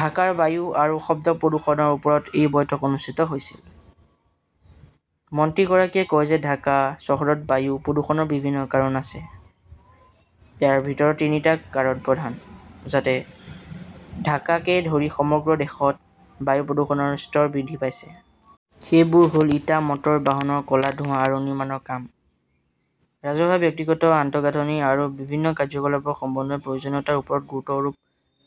ঢাকাৰ বায়ু আৰু শব্দ প্ৰদূষণৰ ওপৰত এই বৈঠক অনুষ্ঠিত হৈছিল। মন্ত্ৰীগৰাকীয়ে কয় যে ঢাকা চহৰত বায়ু প্ৰদূষণৰ বিভিন্ন কাৰণ আছে। ইয়াৰ ভিতৰত তিনিটা কাৰণ প্ৰধান। যাতে ঢাকাকে ধৰি সমগ্ৰ দেশত বায়ু প্ৰদূষণৰ স্তৰ বৃদ্ধি পাইছে। সেইবোৰ হ'ল ইটা, মটৰ বাহনৰ ক'লা ধোঁৱা আৰু নিৰ্মাণৰ কাম। ৰাজহুৱা-ব্যক্তিগত আন্তঃগাঁথনি আৰু বিভিন্ন কাৰ্যকলাপৰ সমন্বয়ৰ প্ৰয়োজনীয়তাৰ ওপৰত গুৰুত্ব আৰোপ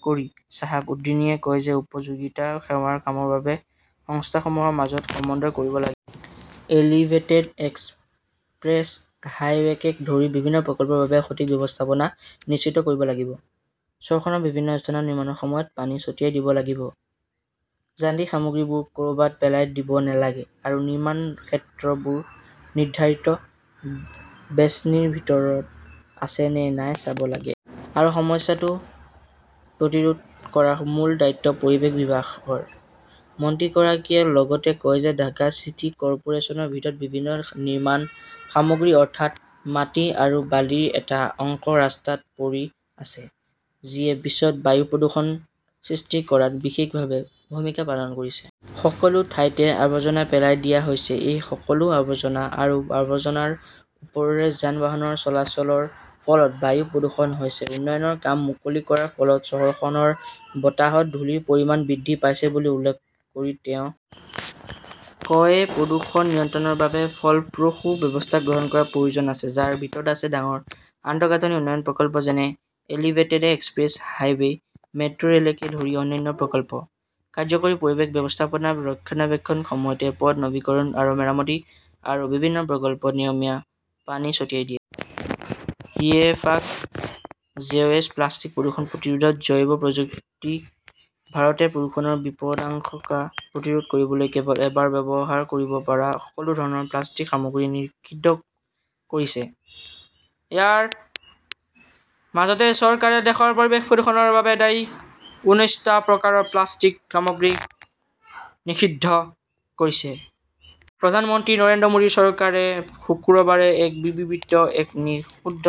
কৰি শ্বাহাব উদ্দীনে কয় যে, উপযোগিতা সেৱাৰ কামৰ বাবে সংস্থাসমূহৰ মাজত সমন্বয় কৰিব লাগিব। এলিভেটেড এক্সপ্ৰেছ-হাইৱেকে ধৰি বিভিন্ন প্ৰকল্পৰ বাবে সঠিক ব্যৱস্থাপনা নিশ্চিত কৰিব লাগিব। চহৰখনৰ বিভিন্ন স্থানত নিৰ্মাণৰ সময়ত পানী ছটিয়াই দিব লাগিব, যান্ত্ৰিক সামগ্ৰীবোৰ ক'ৰবাত পেলাই দিব নালাগে আৰু নিৰ্মাণ ক্ষেত্ৰবোৰ নিৰ্ধাৰিত বেষ্টনীৰ ভিতৰত আছে নে নাই চাব লাগে। আৰু সমস্যাটো প্ৰতিৰোধ কৰাৰ মূল দায়িত্ব পৰিৱেশ বিভাগৰ। মন্ত্ৰীগৰাকীয়ে লগতে কয় যে ঢাকা চিটি কৰ্পোৰেচনৰ ভিতৰত বিভিন্ন নিৰ্মাণ সামগ্ৰী, অৰ্থাৎ মাটি আৰু বালিৰ এটা অংশ ৰাস্তাত পৰি আছে, যিয়ে পিছত বায়ু প্ৰদূষণ সৃষ্টি কৰাত বিশেষভাৱে ভূমিকা পালন কৰিছে। সকলো ঠাইতে আৱৰ্জনা পেলাই দিয়া হৈছে। এই সকলো আৱৰ্জনা আৰু আৱৰ্জনাৰ ওপৰেৰে যান-বাহনৰ চলাচলৰ ফলত বায়ু প্ৰদূষণ হৈছে। উন্নয়নৰ কাম মুকলি কৰাৰ ফলত চহৰখনৰ বতাহত ধূলিৰ পৰিমাণ বৃদ্ধি পাইছে বুলি উল্লেখ কৰি তেওঁ কয় প্ৰদূষণ নিয়ন্ত্ৰণৰ বাবে ফলপ্ৰসূ ব্যৱস্থা গ্ৰহণ কৰাৰ প্ৰয়োজন আছে, যাৰ ভিতৰত আছে ডাঙৰ আন্তঃগাঁথনি উন্নয়ন প্ৰকল্প যেনে এলিভেটেড এক্সপ্ৰেছ হাইৱে, মেট্ৰ'ৰেলকে ধৰি অন্যান্য প্ৰকল্প, কাৰ্যকৰী পৰিৱেশ ব্যৱস্থাপনা ৰক্ষণাবেক্ষণ, সময়তে পথ নৱীকৰণ আৰু মেৰামতি, আৰু বিভিন্ন প্ৰকল্পত নিয়মীয়া পানী ছটিয়াই দিয়া। ইএফাক জেডএইচ প্লাষ্টিক প্ৰদূষণ প্ৰতিৰোধত জৈৱ প্ৰযুক্তি ভাৰতে প্ৰদূষণৰ বিপদাশংকা প্ৰতিৰোধ কৰিবলৈ কেৱল এবাৰ ব্যৱহাৰ কৰিব পৰা সকলো ধৰণৰ প্লাষ্টিক সামগ্ৰী নিষিদ্ধ কৰিছে। ইয়াৰ মাজতে চৰকাৰে দেশৰ পৰিৱেশ প্ৰদূষণৰ বাবে দায়ী উন্নৈছটা প্ৰকাৰৰ প্লাষ্টিক সামগ্ৰী নিষিদ্ধ কৰিছে। প্ৰধানমন্ত্ৰী নৰেন্দ্ৰ মোদীৰ চৰকাৰে শুকুৰবাৰে এক বিবৃতিত এই নিষিদ্ধ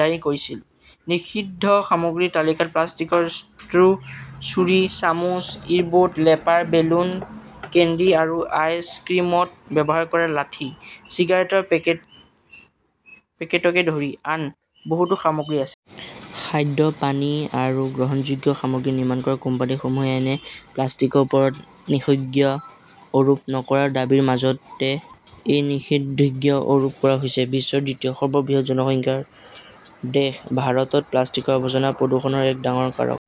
জাৰি কৰিছিল। নিষিদ্ধ সামগ্ৰীৰ তালিকাত প্লাষ্টিকৰ ষ্ট্ৰ ', ছুৰী, চামুচ, ইৰবড, লেপাৰ, বেলুন, কেণ্ডি আৰু আইচক্ৰীমত ব্যৱহাৰ কৰা লাঠি, চিগাৰেটৰ পেকেটকে ধৰি আন বহুতো সামগ্ৰী আছে। খাদ্য, পানী আৰু গ্ৰহণযোগ্য সামগ্ৰী নিৰ্মাণ কৰা কোম্পানীসমূহে এনে প্লাষ্টিকৰ ওপৰত নিষেজ্ঞ অৰোপ নকৰাৰ দাবীৰ মাজতে এই নিষেধজ্ঞ অৰোপ কৰা হৈছে। বিশ্বৰ দ্বিতীয় সৰ্ববৃহৎ জনসংখ্যাৰ দেশ ভাৰতত প্লাষ্টিকৰ আৱৰ্জনা প্ৰদূষণৰ এক ডাঙৰ কাৰক।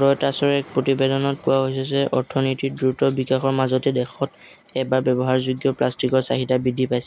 ৰয়টাৰ্ছৰ এক প্ৰতিবেদনত কোৱা হৈছে যে, অৰ্থনীতিৰ দ্ৰুত বিকাশৰ মাজতে দেশত এবাৰ ব্যৱহাৰযোগ্য প্লাষ্টিকৰ চাহিদা বৃদ্ধি পাইছে।